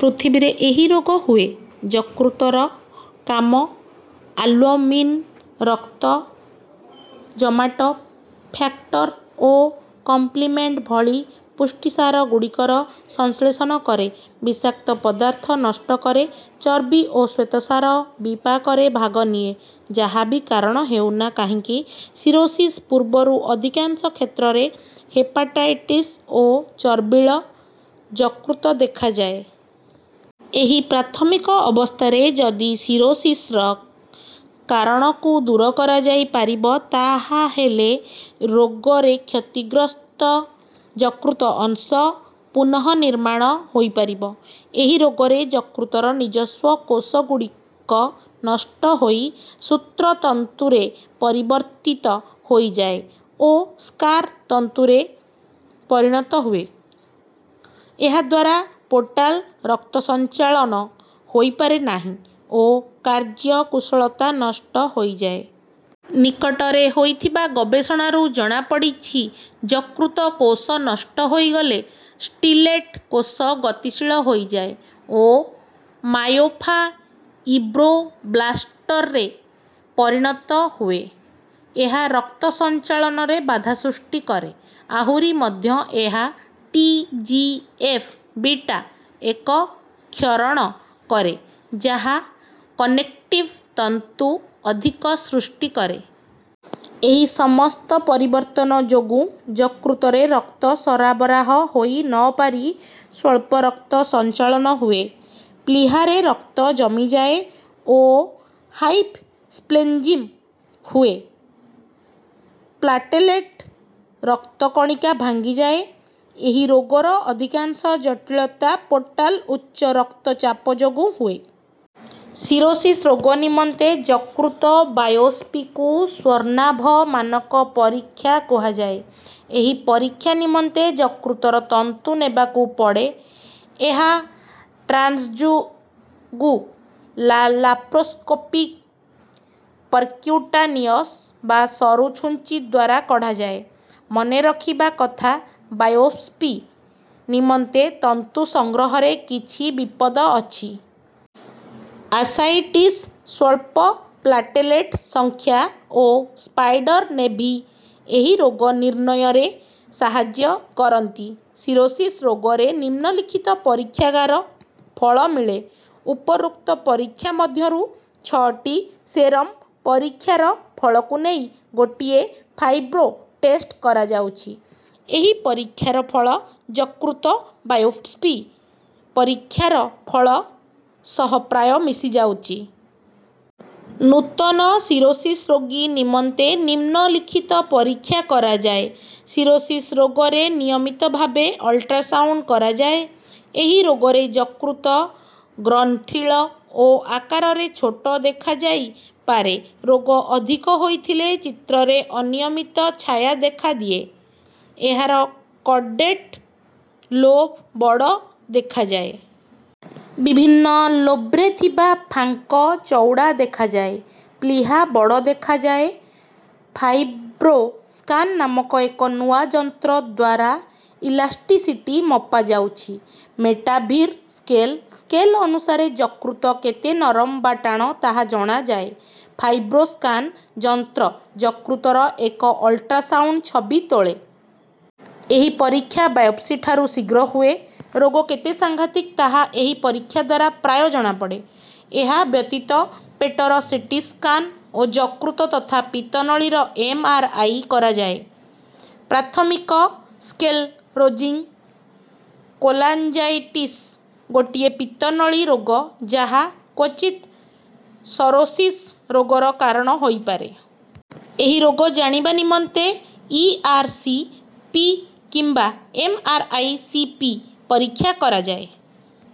ପୃଥିବୀରେ ଏହି ରୋଗ ହୁଏ। ଯକୃତର କାମ ଆଲ୍ବୁମିନ୍ ରକ୍ତ ଜମାଟ ଫ୍ୟାକ୍ଟର ଓ କମ୍ପ୍ଲିମେଣ୍ଟ ଭଳି ପୁଷ୍ଟିସାର ଗୁଡିକର ସଂଶ୍ଳେଷଣ କରେ। ବିଷାକ୍ତ ପଦାର୍ଥ ନଷ୍ଟ କରେ। ଚର୍ବି ଓ ଶ୍ୱେତସାରର ବିପାକରେ ଭାଗ ନିଏ। ଯାହା ବି କାରଣ ହେଉ ନା କାହିଁକି ସିରୋସିସ୍ ପୂର୍ବରୁ ଅଧିକାଂଶ କ୍ଷେତ୍ରରେ ହେପାଟାଇଟିସ୍ ଓ ଚର୍ବିଳ ଯକୃତ ଦେଖାଯାଏ। ଏହି ପ୍ରାଥମିକ ଅବସ୍ଥାରେ ଯଦି ସିରୋସିସ୍ର କାରଣକୁ ଦୂର କରାଯାଇପାରିବ ତାହାହେଲେ ରୋଗରେ କ୍ଷତିଗ୍ରସ୍ତ ଯକୃତ ଅଂଶ ପୁନଃନିର୍ମାଣ ହୋଇପାରିବ। ଏହି ରୋଗରେ ଯକୃତର ନିଜସ୍ୱ କୋଷ ଗୁଡିକ ନଷ୍ଟ ହୋଇ ସୂତ୍ର ତନ୍ତୁରେ ପରିବର୍ତ୍ତିତ ହୋଇଯାଏ ଓ ସ୍କାର ତନ୍ତୁରେ ପରିଣତ ହୁଏ। ଏହାଦ୍ୱାରା ପୋର୍ଟାଲ୍ ରକ୍ତ ସଞ୍ଚାଳନ ହୋଇପାରେ ନାହିଁ ଓ କାର୍ଯ୍ୟ କୁଶଳତା ନଷ୍ଟ ହୋଇଯାଏ। ନିକଟରେ ହୋଇଥିବା ଗବେଷଣାରୁ ଜଣା ପଡ଼ିଛି ଯକୃତ କୋଷ ନଷ୍ଟ ହୋଇଗଲେ ସ୍ଟିଲେଟ କୋଷ ଗତିଶୀଳ ହୋଇଯାଏ ଓ ମାୟୋଫାଇବ୍ରୋବ୍ଲାଷ୍ଟରେ ପରିଣତ ହୁଏ। ଏହା ରକ୍ତ ସଞ୍ଚାଳନରେ ବାଧା ସୃଷ୍ଟି କରେ। ଆହୁରି ମଧ୍ୟ ଏହା ଟି. ଜି. ଏଫ୍. ବିଟା ଏକ କ୍ଷରଣ କରେ ଯାହା କନେକ୍ଟିଭ୍ ତନ୍ତୁ ଅଧିକ ସୃଷ୍ଟି କରେ। ଏହି ସମସ୍ତ ପରିବର୍ତ୍ତନ ଯୋଗୁ ଯକୃତରେ ରକ୍ତ ସରବରାହ ହୋଇ ନ ପାରି ସ୍ୱଳ୍ପ ରକ୍ତ ସଞ୍ଚାଳନ ହୁଏ। ପ୍ଲିହାରେ ରକ୍ତ ଜମିଯାଏ ଓ ହାଇପର୍ସ୍ପ୍ଲେନିଜ୍ମ୍ ହୁଏ। ପ୍ଲାଟେଲେଟ ରକ୍ତ କଣିକା ଭାଙ୍ଗିଯାଏ। ଏହି ରୋଗର ଅଧିକାଂଶ ଜଟିଳତା ପୋର୍ଟାଲ ଉଚ୍ଚ ରକ୍ତ ଚାପ ଯୋଗୁ ହୁଏ। ସିରୋସିସ୍ ରୋଗ ନିମନ୍ତେ ଯକୃତ ବାୟୋପ୍ସିକୁ ସ୍ୱର୍ଣ୍ଣାଭ ମାନକ ପରିକ୍ଷା କୁହାଯାଏ। ଏହି ପରିକ୍ଷା ନିମନ୍ତେ ଯକୃତର ତନ୍ତୁ ନେବାକୁ ପଡେ। ଏହା ଟ୍ରାନ୍ସଜୁଗୁଲାର୍ଲାପାରୋସ୍କୋପି ପର୍କ୍ୟୁଟାନିଅସ୍ ବା ସରୁ ଛୁଞ୍ଚି ଦ୍ୱାର କଢାଯାଏ। ମନେ ରଖିବା କଥା ବାୟୋପ୍ସି ନିମନ୍ତେ ତନ୍ତୁ ସଂଗ୍ରହରେ କିଛି ବିପଦ ଅଛି। ଆସାଇଟିସ୍ ସ୍ୱଳ୍ପ ପ୍ଲାଟେଲେଟ ସଂଖ୍ୟା ଓ ସ୍ପାଇଡର ନେଭି ଏହି ରୋଗ ନିର୍ଣ୍ଣୟରେ ସାହାଯ୍ୟ କରନ୍ତି। ସିରୋସିସ୍ ରୋଗରେ ନିମ୍ନଲିଖିତ ପରୀକ୍ଷାଗାର ଫଳ ମିଳେ। ଉପରୋକ୍ତ ପରୀକ୍ଷା ମଧ୍ୟରୁ ଛଅଟି ସେରମ୍ ପରୀକ୍ଷାର ଫଳକୁ ନେଇ ଗୋଟିଏ ଫାଇବ୍ରୋ ଟେଷ୍ଟ କରାଯାଉଛି। ଏହି ପରୀକ୍ଷାର ଫଳ ଯକୃତ ବାୟୋପ୍ସି ପରୀକ୍ଷାର ଫଳ ସହ ପ୍ରାୟ ମିଶି ଯାଉଛି। ନୂତନ ସିରୋସିସ୍ ରୋଗୀ ନିମନ୍ତେ ନିମ୍ନ ଲିଖିତ ପରୀକ୍ଷା କରାଯାଏ। ସିରୋସିସ୍ ରୋଗରେ ନିୟମିତ ଭାବେ ଅଲ୍ଟ୍ରାସାଉଣ୍ଡ କରାଯାଏ। ଏହି ରୋଗରେ ଯକୃତ ଗ୍ରନ୍ଥିଳ ଓ ଆକାରରେ ଛୋଟ ଦେଖାଯାଇ ପାରେ। ରୋଗ ଅଧିକ ହୋଇଥିଲେ ଚିତ୍ରରେ ଅନିୟମିତ ଛାୟା ଦେଖାଦିଏ। ଏହାର କଡେଟ ଲୋବ୍ ବଡ ଦେଖାଯାଏ। ବିଭିନ୍ନ ଲୋବ୍ରେ ଥିବା ଫାଙ୍କ ଚଊଡା ଦେଖାଯାଏ। ପ୍ଲିହା ବଡ ଦେଖାଯାଏ। ଫାଇବ୍ରୋ ସ୍କାନ ନାମକ ଏକ ନୂଆ ଯନ୍ତ୍ରଦ୍ୱାରା ଇଲାସ୍ଟିସିଟି ମପାଯାଉଛି। ମେଟାଭିର ସ୍କେଲ ସ୍କେଲ୍ ଅନୁସାରେ ଯକୃତ କେତେ ନରମ ବା ଟାଣ ତାହା ଜଣାଯାଏ। ଫାଇବ୍ରୋ ସ୍କାନ ଯନ୍ତ୍ର ଯକୃତର ଏକ ଅଲ୍ଟ୍ରାସାଉଣ୍ଡ ଛବି ତୋଳେ। ଏହି ପରିକ୍ଷା ବାୟୋପ୍ସି ଠାରୁ ଶୀଘ୍ର ହୁଏ। ରୋଗ କେତେ ସଂଘାତିକ ତାହା ଏହି ପରୀକ୍ଷାଦ୍ୱାରା ପ୍ରାୟ ଜଣାପଡେ। ଏହା ବ୍ୟତିତ ପେଟର ସି. ଟି. ସ୍କାନ୍ ଓ ଯକୃତ ତଥା ପିତ୍ତ ନଳୀର ଏମ୍. ଆର୍. ଆଇ. କରାଯାଏ। ପ୍ରାଥମିକ ସ୍କ୍ଲେରୋଜିଙ୍ଗ କୋଲାଞ୍ଜାଇଟିସ୍ ଗୋଟିଏ ପିତ୍ତ ନଳୀ ରୋଗ ଯାହା କ୍ୱଚିତ ସୋରୋସିସ୍ ରୋଗର କାରଣ ହୋଇପାରେ। ଏହି ରୋଗ ଜାଣିବା ନିମନ୍ତେ ଇ. ଆର୍. ସି. ପି. କିମ୍ବା ଏମ୍. ଆର୍. ସି. ପି. ପରୀକ୍ଷା କରାଯାଏ